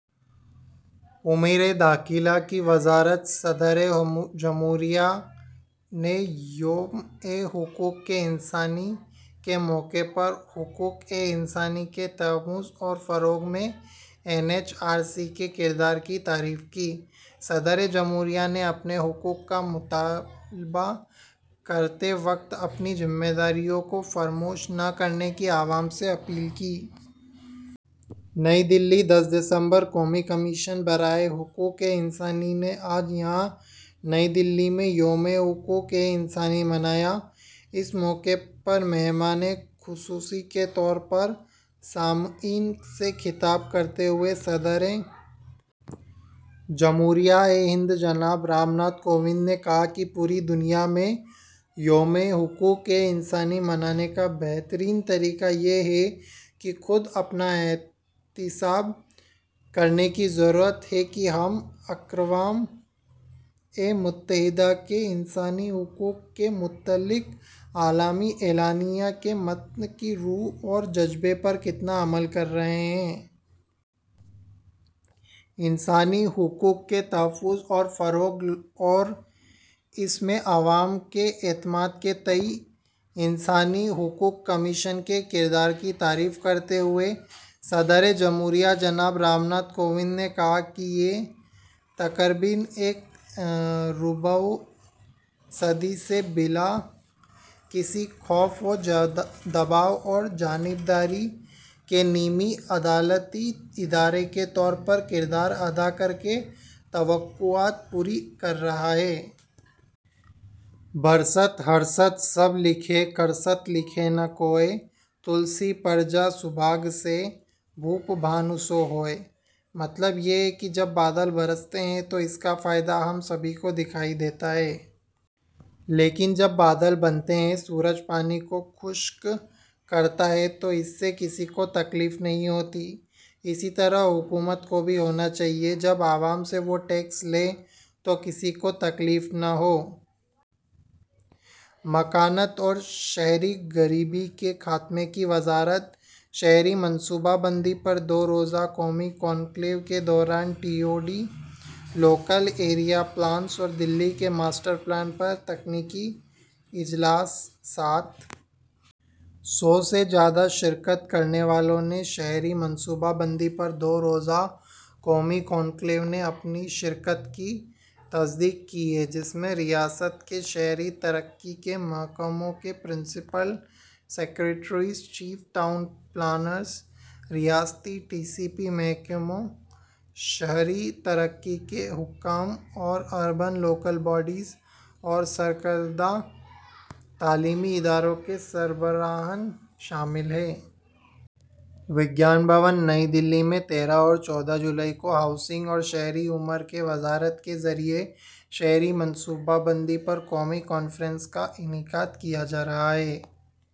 امورِ داخلہ کی وزارت صدرِ جمہوریہ نے یومِ حقوقِ انسانی کے موقع پر حقوقِ انسانی کے تحفظ اور فروغ میں این ایچ آر سی کے کردار کی تعریف کی۔ صدرِ جمہوریہ نے اپنے حقوق کا مطالبہ کرتے وقت اپنی ذمہ داریوں کو فراموش نہ کرنے کی عوام سے اپیل کی۔ نئی دہلی، دس دسمبر: قومی کمیشن برائے حقوقِ انسانی نے آج یہاں نئی دہلی میں یومِ حقوقِ انسانی منایا۔ اس موقع پر مہمانِ خصوصی کے طور پر سامعین سے خطاب کرتے ہوئے صدرِ جمہوریہ ہند جناب رام ناتھ کووند نے کہا کہ پوری دنیا میں ''یومِ حقوقِ انسانی'' منانے کا بہترین طریقہ یہ ہے کہ خود اپنا احتساب کرنے کی ضرورت ہے کہ ہم اقوامِ متحدہ کے انسانی حقوق سے متعلق عالمی اعلامیہ کے متن کی روح اور جذبے پر کتنا عمل کر رہے ہیں۔ انسانی حقوق کے تحفظ اور فروغ اور اس میں عوام کے اعتماد کے تئیں انسانی حقوق کمیشن کے کردار کی تعریف کرتے ہوئے صدرِ جمہوریہ جناب رام ناتھ کووند نے کہا کہ یہ تقریباً ایک چوتھائی صدی سے بلا کسی خوف و دباؤ اور جانبداری کے نیم عدالتی ادارے کے طور پر کردار ادا کرکے توقعات پوری کر رہا ہے۔ ''برست ہرست سب لکھیں، کرست لکھے نہ کوئے، تلسی پرجا سبھاگ سے، بھوپ بھانو سو ہوئے''۔ مطلب یہ ہے کہ جب بادل برستے ہیں تو اس کا فائدہ ہم سبھی کو دکھائی دیتا ہے۔ لیکن جب بادل بنتے ہیں، سورج پانی کو خشک کرتا ہے، تو اس سے کسی کو تکلیف نہیں ہوتی۔ اسی طرح حکومت کو بھی ہونا چاہیے۔ جب عوام سے وہ ٹیکس لے تو کسی کو تکلیف نہ ہو۔ مکانات اور شہری غریبی کے خاتمے کی وزارت شہری منصوبہ بندی پر دو روزہ قومی کانکلیو کے دوران T O D, local area plans اور دہلی کے ماسٹر پلان پر تکنیکی اجلاس۔ سات سو سے زیادہ شرکاء نے شہری منصوبہ بندی پر دو روزہ قومی کانکلیو میں اپنی شرکت کی تصدیق کی ہے، جس میں ریاست کے شہری ترقی کے محکموں کے principal secretaries, chief town planners, ریاستی ٹی سی پی محکموں، شہری ترقی کے حکام اور اربن لوکل باڈیز اور سرکردہ تعلیمی اداروں کے سربراہان شامل ہیں۔ وگیان بھون، نئی دہلی میں تیرہ اور چودہ جولائی کو ہاؤسنگ اور شہری امور کی وزارت کے ذریعے شہری منصوبہ بندی پر قومی کانفرنس کا انعقاد کیا جا رہا ہے۔